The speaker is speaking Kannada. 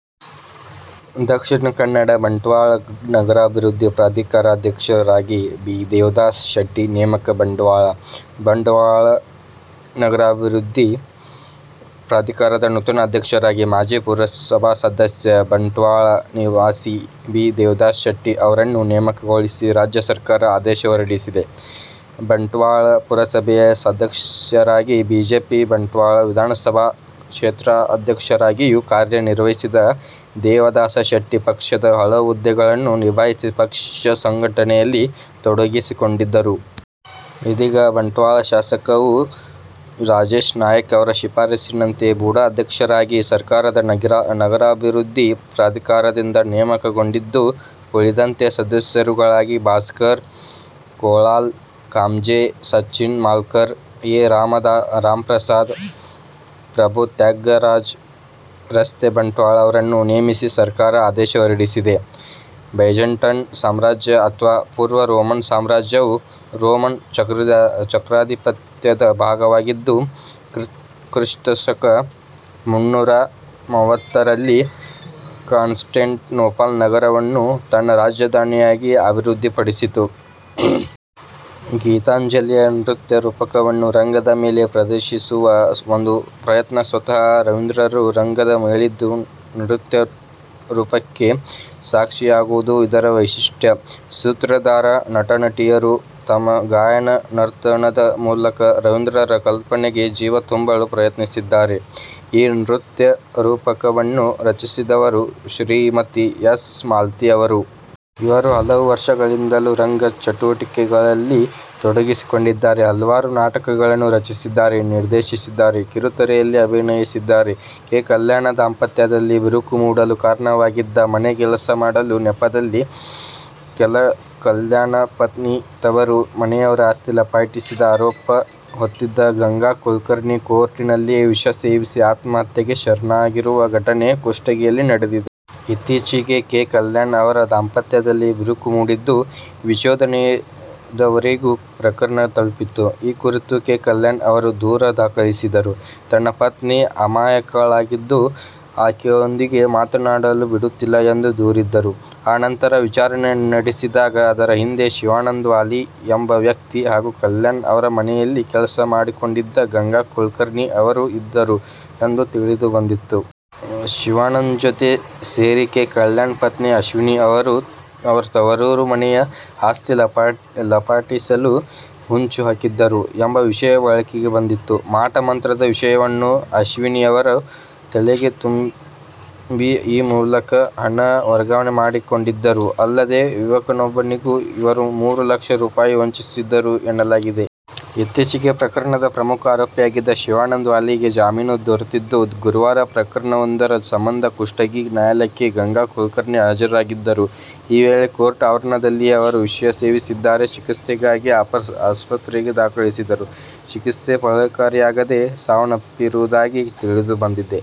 ದಕ್ಷಿಣ ಕನ್ನಡ ಬಂಟ್ವಾಳ ನಗರಾಭಿವೃದ್ದಿ ಪ್ರಾಧಿಕಾರ ಅಧ್ಯಕ್ಷರಾಗಿ ಬಿ. ದೇವದಾಸ ಶೆಟ್ಟಿ ನೇಮಕ ಬಂಟ್ವಾಳ: ಬಂಟ್ವಾಳ ನಗರಾಭಿವೃದ್ದಿ ಪ್ರಾಧಿಕಾರದ ನೂತನ ಅಧ್ಯಕ್ಷರಾಗಿ ಮಾಜಿ ಪುರಸಭಾ ಸದಸ್ಯ, ಬಂಟ್ವಾಳ ನಿವಾಸಿ ಬಿ ದೇವದಾಸ ಶೆಟ್ಟಿ ಅವರನ್ನು ನೇಮಕಗೊಳಿಸಿ ರಾಜ್ಯ ಸರಕಾರ ಆದೇಶ ಹೊರಡಿಸಿದೆ. ಬಂಟ್ವಾಳ ಪುರಸಭೆಯ ಸದಸ್ಯರಾಗಿ, ಬಿಜೆಪಿ ಬಂಟ್ವಾಳ ವಿಧಾನಸಭಾ ಕ್ಷೇತ್ರಾಧ್ಯಕ್ಷರಾಗಿಯೂ ಕಾರ್ಯ ನಿರ್ವಹಿಸಿದ್ದ ದೇವದಾಸ ಶೆಟ್ಟಿ ಪಕ್ಷದ ಹಲವು ಹುದ್ದೆಗಳನ್ನು ನಿಭಾಯಿಸಿ ಪಕ್ಷ ಸಂಘಟನೆಯಲ್ಲಿ ತೊಡಗಿಸಿಕೊಂಡಿದ್ದರು. ಇದೀಗ ಬಂಟ್ವಾಳ ಶಾಸಕ ಯು ರಾಜೇಶ್ ನಾಯಕ್ ಅವರ ಶಿಫಾರಸ್ಸಿನಂತೆ ಬುಡಾ ಅಧ್ಯಕ್ಷರಾಗಿ ಸರಕಾರದ ನಗರಾಭಿವೃದ್ದಿ ಪ್ರಾಧಿಕಾರದಿಂದ ನೇಮಕಗೊಂಡಿದ್ದು, ಉಳಿದಂತೆ ಸದಸ್ಯರುಗಳಾಗಿ ಭಾಸ್ಕರ ಕುಲಾಲ್ ಕಾಮಾಜೆ, ಸಚಿನ್ ಮೆಲ್ಕಾರ್, ಎ ರಾಮಪ್ರಸಾದ್ ಪ್ರಭು ತ್ಯಾಗರಾಜ ರಸ್ತೆ-ಬಂಟ್ವಾಳ ಅವರನ್ನು ನೇಮಿಸಿ ಸರಕಾರ ಆದೇಶ ಹೊರಡಿಸಿದೆ. ಬೈಜಾಂಟೈನ್ ಸಾಮ್ರಾಜ್ಯ ಅಥವಾ ಪೂರ್ವ ರೋಮನ್ ಸಾಮ್ರಾಜ್ಯವು, ರೋಮನ್ ಚಕ್ರಾಧಿಪತ್ಯದ ಭಾಗವಾಗಿದ್ದು, ಕ್ರಿಸ್ತ ಶಕ ಮುನ್ನೂರ ಮೂವತ್ತರಲ್ಲಿ ಕಾನ್ಸ್ ಟಾಂಟಿನೋಪಲ್ ನಗರವನ್ನು ತನ್ನ ರಾಜಧಾನಿಯಾಗಿ ಅಭಿವೃದ್ಧಿ ಪಡಿಸಿತು. ಗೀತಾಂಜಲಿಯ ನೃತ್ಯರೂಪಕವನ್ನು ರಂಗದ ಮೇಲೆ ಪ್ರದರ್ಶಿಸುವ ಒಂದು ಪ್ರಯತ್ನ ಸ್ವತಃ ರವೀಂದ್ರರು ರಂಗದ ಮೇಲಿದ್ದು ನೃತ್ಯ ರೂಪಕಕ್ಕೆ ಸಾಕ್ಷಿಯಾಗುವುದು ಇದರ ವೈಶಿಷ್ಟ್ಯ. ಸೂತ್ರಧಾರ, ನಟನಟಿಯರು ತಮ್ಮ ಗಾಯನ ನರ್ತನದ ಮೂಲಕ ರವೀಂದ್ರರ ಕಲ್ಪನೆಗೆ ಜೀವ ತುಂಬಲು ಪ್ರಯತ್ನಿಸಿದ್ದಾರೆ. ಈ ನೃತ್ಯರೂಪಕವನ್ನು ರಚಿಸಿದವರು ಶ್ರೀಮತಿ ಎಸ್. ಮಾಲತಿ ಅವರು. ಇವರು ಹಲವು ವರ್ಷಗಳಿಂದಲೂ ರಂಗಭೂಮಿ ಚಟುವಟಿಕೆಗಳಲ್ಲಿ ತೊಡಗಿಕೊಂಡಿದ್ದಾರೆ. ಹಲವಾರು ನಾಟಕಗಳನ್ನು ರಚಿಸಿದ್ದಾರೆ, ನಿರ್ದೇಶಿಸಿದ್ದಾರೆ, ಕಿರುತೆರೆಯಲ್ಲಿ ಅಭಿನಯಿಸಿದ್ದಾರೆ.: ಕೆ. ಕಲ್ಯಾಣ್ ದಾಂಪತ್ಯದಲ್ಲಿ ಬಿರುಕು ಮೂಡಲು ಕಾರಣವಾಗಿದ್ದ, ಮನೆ ಕೆಲಸ ಮಾಡುವ ನೆಪದಲ್ಲಿ ಕೆ. ಕಲ್ಯಾಣ್ ಪತ್ನಿ ತವರು ಮನೆಯವರ ಆಸ್ತಿ ಲಪಟಾಯಿಸಿದ ಆರೋಪ ಹೊತ್ತಿದ್ದ ಗಂಗಾ ಕುಲಕರ್ಣಿ ಕೋರ್ಟ್ ನಲ್ಲಿಯೇ ವಿಷ ಸೇವಿಸಿ ಆತ್ಮಹತ್ಯೆಗೆ ಶರಣಾಗಿರುವ ಘಟನೆ ಕುಷ್ಟಗಿಯಲ್ಲಿ ನಡೆದಿದೆ. ಇತ್ತೀಚೆಗೆ ಕೆ. ಕಲ್ಯಾಣ್ ಅವರ ದಾಂಪತ್ಯದಲ್ಲಿ ಬಿರುಕು ಮೂಡಿದ್ದು, ವಿಚ್ಛೇದನದವರೆಗೂ ಪ್ರಕರಣ ತಲುಪಿತ್ತು. ಈ ಕುರಿತು ಕೆ. ಕಲ್ಯಾಣ್ ಅವರು ದೂರು ದಾಖಲಿಸಿದ್ದರು. ತನ್ನ ಪತ್ನಿ ಅಮಾಯಕಳಾಗಿದ್ದು, ಆಕೆಯೊಂದಿಗೆ ಮಾತನಾಡಲೂ ಬಿಡುತ್ತಿಲ್ಲ ಎಂದು ದೂರಿದ್ದರು. ಆ ನಂತರ ವಿಚಾರಣೆ ನಡೆಸಿದಾಗ, ಇದರ ಹಿಂದೆ ಶಿವಾನಂದ ವಾಲಿ ಎಂಬ ವ್ಯಕ್ತಿ ಹಾಗೂ ಕಲ್ಯಾಣ್ ಅವರ ಮನೆಯಲ್ಲಿ ಕೆಲಸ ಮಾಡಿಕೊಂಡಿದ್ದ ಗಂಗಾ ಕುಲಕರ್ಣಿ ಅವರು ಇದ್ದರು ಎಂದು ತಿಳಿದುಬಂದಿತ್ತು. ಶಿವಾನಂದ ಜೊತೆ ಸೇರಿ ಕೆ. ಕಲ್ಯಾಣ್ ಪತ್ನಿ ಅಶ್ವಿನಿ ಅವರ ತವರು ಮನೆಯ ಆಸ್ತಿ ಲಪಟಾಯಿಸಲು ಹೊಂಚು ಹಾಕಿದ್ದರು ಎಂಬ ವಿಷಯ ಬೆಳಕಿಗೆ ಬಂದಿತ್ತು. ಮಾಟ ಮಂತ್ರದ ವಿಷಯವನ್ನು ಅಶ್ವಿನಿ ಅವರ ತಲೆಗೆ ತುಂಬಿ ಈ ಮೂಲಕ ಹಣ ವರ್ಗಾವಣೆ ಮಾಡಿಕೊಂಡಿದ್ದರು, ಅಲ್ಲದೇ ಯುವಕನೊಬ್ಬನಿಗೂ ಇವರು ಮೂರು ಲಕ್ಷ ರೂಪಾಯಿ ವಂಚಿಸಿದ್ದರು ಎನ್ನಲಾಗಿದೆ. ಈಚೆಗೆ ಪ್ರಕರಣದ ಪ್ರಮುಖ ಆರೋಪಿಯಾಗಿದ್ದ ಶಿವಾನಂದ ವಾಲಿಗೆ ಜಾಮೀನು ದೊರೆತಿತ್ತು. ಗುರುವಾರ ಪ್ರಕರಣವೊಂದರ ಸಂಬಂಧ ಕುಷ್ಟಗಿ ನ್ಯಾಯಾಲಯಕ್ಕೆ ಗಂಗಾ ಕುಲಕರ್ಣಿ ಹಾಜರಾಗಿದ್ದರು. ಈ ವೇಳೆ ಕೋರ್ಟ್ ಆವರಣದಲ್ಲಿಯೇ ಅವರು ವಿಷ ಸೇವಿಸಿದ್ದಾರೆ. ಚಿಕಿತ್ಸೆಗಾಗಿ ಆಸ್ಪತ್ರೆಗೆ ದಾಖಲಿಸಿದರೂ ಚಿಕಿತ್ಸೆ ಫಲಕಾರಿಯಾಗದೇ ಸಾವನ್ನಪ್ಪಿರುವುದಾಗಿ ತಿಳಿದುಬಂದಿದೆ.